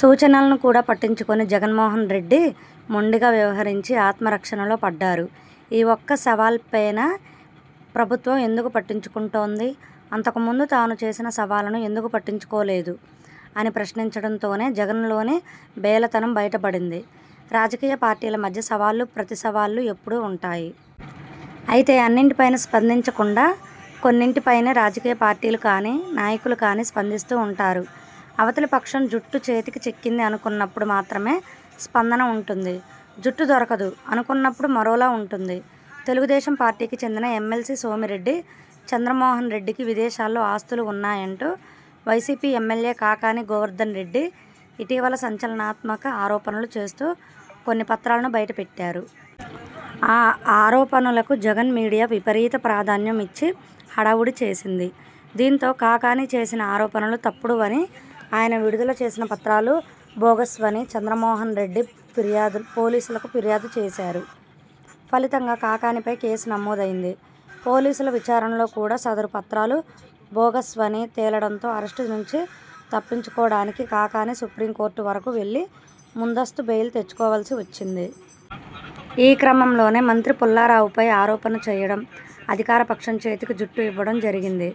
సూచనలను కూడా పట్టించుకోని జగన్మోహన్రెడ్డి, మొండిగా వ్యవహరించి ఆత్మరక్షణలో పడ్డారు. ఈ ఒక్క సవాల్పైన ప్రభుత్వం ఎందుకు పట్టించుకుంటోంది? అంతకు ముందు తాను చేసిన సవాళ్లను ఎందుకు పట్టించుకోలేదు? అని ప్రశ్నించడంతోనే జగన్లోని బేలతనం బయటపడింది. రాజకీయ పార్టీల మధ్య సవాళ్లు ప్రతిసవాళ్లు ఎప్పుడూ ఉంటాయి. అయితే అన్నింటిపై స్పందించకుండా కొన్నింటి పైనే రాజకీయ పార్టీలు కానీ, నాయకులు కానీ స్పందిస్తూ ఉంటారు. అవతలి పక్షం జుట్టు చేతికి చిక్కింది అనుకున్నప్పుడు మాత్రమే స్పందన ఉంటుంది. జుట్టు దొరకదు అనుకున్నప్పుడు మరోలా ఉంటుంది. తెలుగుదేశం పార్టీకి చెందిన ఎమ్మెల్సీ సోమిరెడ్డి చంద్రమోహన్రెడ్డికి విదేశాల్లో ఆస్తులు ఉన్నాయంటూ వైసీపీ ఎమ్మెల్యే కాకాణి గోవర్దన్రెడ్డి ఇటీవల సంచలనాత్మక ఆరోపణలు చేస్తూ కొన్ని పత్రాలను బయటపెట్టారు. ఆ ఆరోపణలకు జగన్ మీడియా విపరీత ప్రాధాన్యం ఇచ్చి హడావుడి చేసింది. దీంతో కాకాణి చేసిన ఆరోపణలు తప్పుడు వనీ, ఆయన విడుదల చేసిన పత్రాలు బోగస్వనీ చంద్రమోహన్రెడ్డి పిర్యాదు పోలీసులకు ఫిర్యాదు చేశారు. ఫలితంగా కాకాణిపై కేసు నమోదైంది. పోలీసుల విచారణలో కూడా సదరు పత్రాలు బోగస్వని తేలడంతో అరెస్ట్ నుంచి తప్పించుకోవడానికి కాకాణి సుప్రీంకోర్టు వరకు వెళ్లి ముందస్తు బెయిల్ తెచ్చుకోవలసి వచ్చింది. ఈ క్రమంలోనే మంత్రి పుల్లారావుపై ఆరోపణ చేయడం, అధికారపక్షం చేతికి జుట్టు ఇవ్వడం జరిగింది.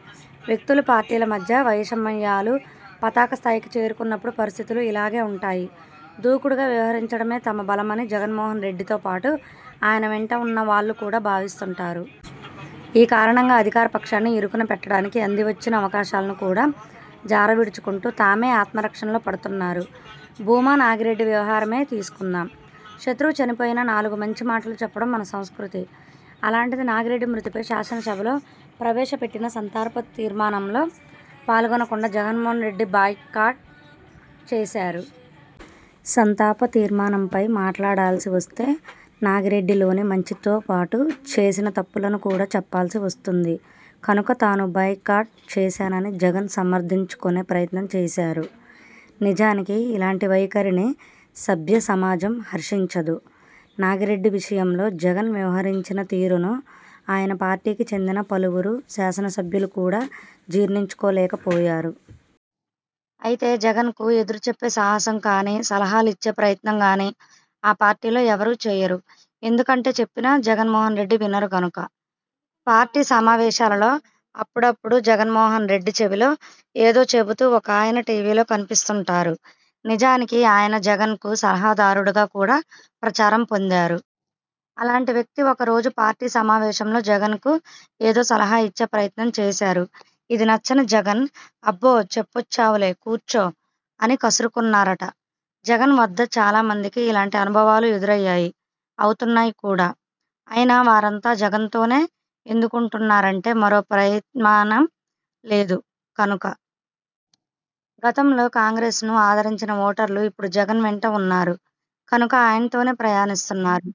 వ్యక్తులు, పార్టీల మధ్య వైషమ్యాలు పతాక స్థాయికి చేరుకున్నప్పుడు పరిస్థితులు ఇలాగే ఉంటాయి. దూకుడుగా వ్యవహరించడమే తమ బలమని జగన్మోహన్రెడ్డితో పాటు ఆయన వెంట ఉన్న వాళ్లు కూడా భావిస్తుంటారు. ఈ కారణంగా అధికార పక్షాన్ని ఇరుకున పెట్టడానికి అందివచ్చిన అవకాశాలను కూడా జారవిడుచుకుంటూ, తామే ఆత్మరక్షణలో పడుతున్నారు. భూమా నాగిరెడ్డి వ్యవహారమే తీసుకుందాం. శత్రువు చనిపోయినా నాలుగు మంచి మాటలు చెప్పడం మన సంస్కృతి. అలాంటిది నాగిరెడ్డి మృతిపై శాసనసభలో ప్రవేశపెట్టిన సంతాప తీర్మానంలో పాల్గొనకుండా జగన్మోహన్రెడ్డి బాయ్కాట్ చేశారు. సంతాప తీర్మానంపై మాట్లాడాల్సి వస్తే నాగిరెడ్డిలోని మంచితోపాటు చేసిన తప్పులను కూడా చెప్పాల్సి వస్తుంది కనుక తాను బాయ్కాట్ చేశానని జగన్ సమర్థించుకునే ప్రయత్నం చేశారు. నిజానికి ఇలాంటి వైఖరిని సభ్య సమాజం హర్షించదు. నాగిరెడ్డి విషయంలో జగన్ వ్యవహరించిన తీరును ఆయన పార్టీకి చెందిన పలువురు శాసనసభ్యులు కూడా జీర్ణించుకోలేకపోయారు. అయితే జగన్కు ఎదురు చెప్పే సాహసం కానీ, సలహాలు ఇచ్చే ప్రయత్నం గానీ ఆ పార్టీలో ఎవరూ చేయరు. ఎందుకంటే చెప్పినా జగన్మోహన్రెడ్డి వినరు కనుక! పార్టీ సమావేశాలలో అప్పుడప్పుడు జగన్మోహన్రెడ్డి చెవిలో ఏదో చెబుతూ ఒకాయన టీవీలో కనిపిస్తుంటారు. నిజానికి ఆయన జగన్కు సలహాదారుడుగా కూడా ప్రచారం పొందారు. అలాంటి వ్యక్తి ఒక రోజు పార్టీ సమావేశంలో జగన్కు ఏదో సలహా ఇచ్చే ప్రయత్నం చేశారు. ఇది నచ్చని జగన్ 'అబ్బో చెప్పొచ్చావులే కూర్చో' అని కసురుకున్నారట! జగన్ వద్ద చాలా మందికి ఇలాంటి అనుభవాలు ఎదురయ్యాయి అవుతున్నాయి కూడా! అయినా వారంతా జగన్తోనే ఎందుకుంటున్నారంటే మరో ప్రయత్మనం లేదు కనుక. గతంలో కాంగ్రెస్ను ఆదరించిన ఓటర్లు ఇప్పుడు జగన్ వెంట ఉన్నారు కనుక ఆయనతోనే ప్రయాణిస్తున్నారు.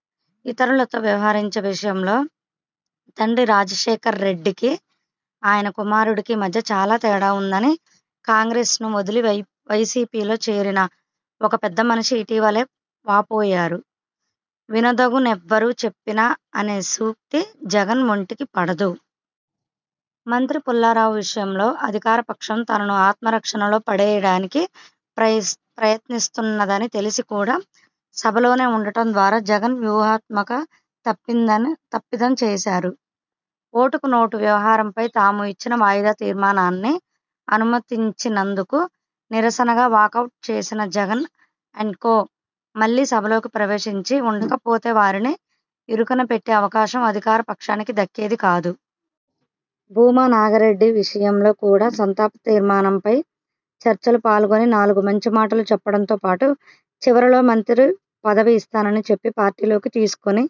ఇతరులతో వ్యవహరించే విషయంలో తండ్రి రాజశేఖర్రెడ్డికి, ఆయన కుమారుడికి మధ్య చాలా తేడా ఉందని కాంగ్రెస్ను వదిలి వైసీపీలో చేరిన ఒక పెద్దమనిషి ఇటీవలే వాపోయారు. వినదగునెవ్వరు చెప్పిన అనే సూక్తి జగన్ ఒంటికి పడదు. మంత్రి పుల్లారావు విషయంలో అధికారపక్షం తనను ఆత్మరక్షణలో పడేయడానికి ప్రయాస ప్రయత్నిస్తున్నదని తెలిసి కూడా సభలోనే ఉండటం ద్వారా జగన్ వ్యూహాత్మక తప్పిందా తప్పిదం చేశారు. ఓటుకు నోటు వ్యవహారంపై తాము ఇచ్చిన వాయిదా తీర్మానాన్ని అనుమతించనందుకు నిరసనగా వాకౌట్ చేసిన జగన్ అండ్ కో మళ్లీ సభలోకి ప్రవేశించి ఉండకపోతే వారిని ఇరుకున పెట్టే అవకాశం అధికార పక్షానికి దక్కేది కాదు. భూమా నాగిరెడ్డి విషయంలో కూడా సంతాప తీర్మానంపై చర్చలో పాల్గొని నాలుగు మంచి మాటలు చెప్పడంతో పాటు, చివరలో మంత్రి పదవి ఇస్తానని చెప్పి పార్టీలోకి తీసుకుని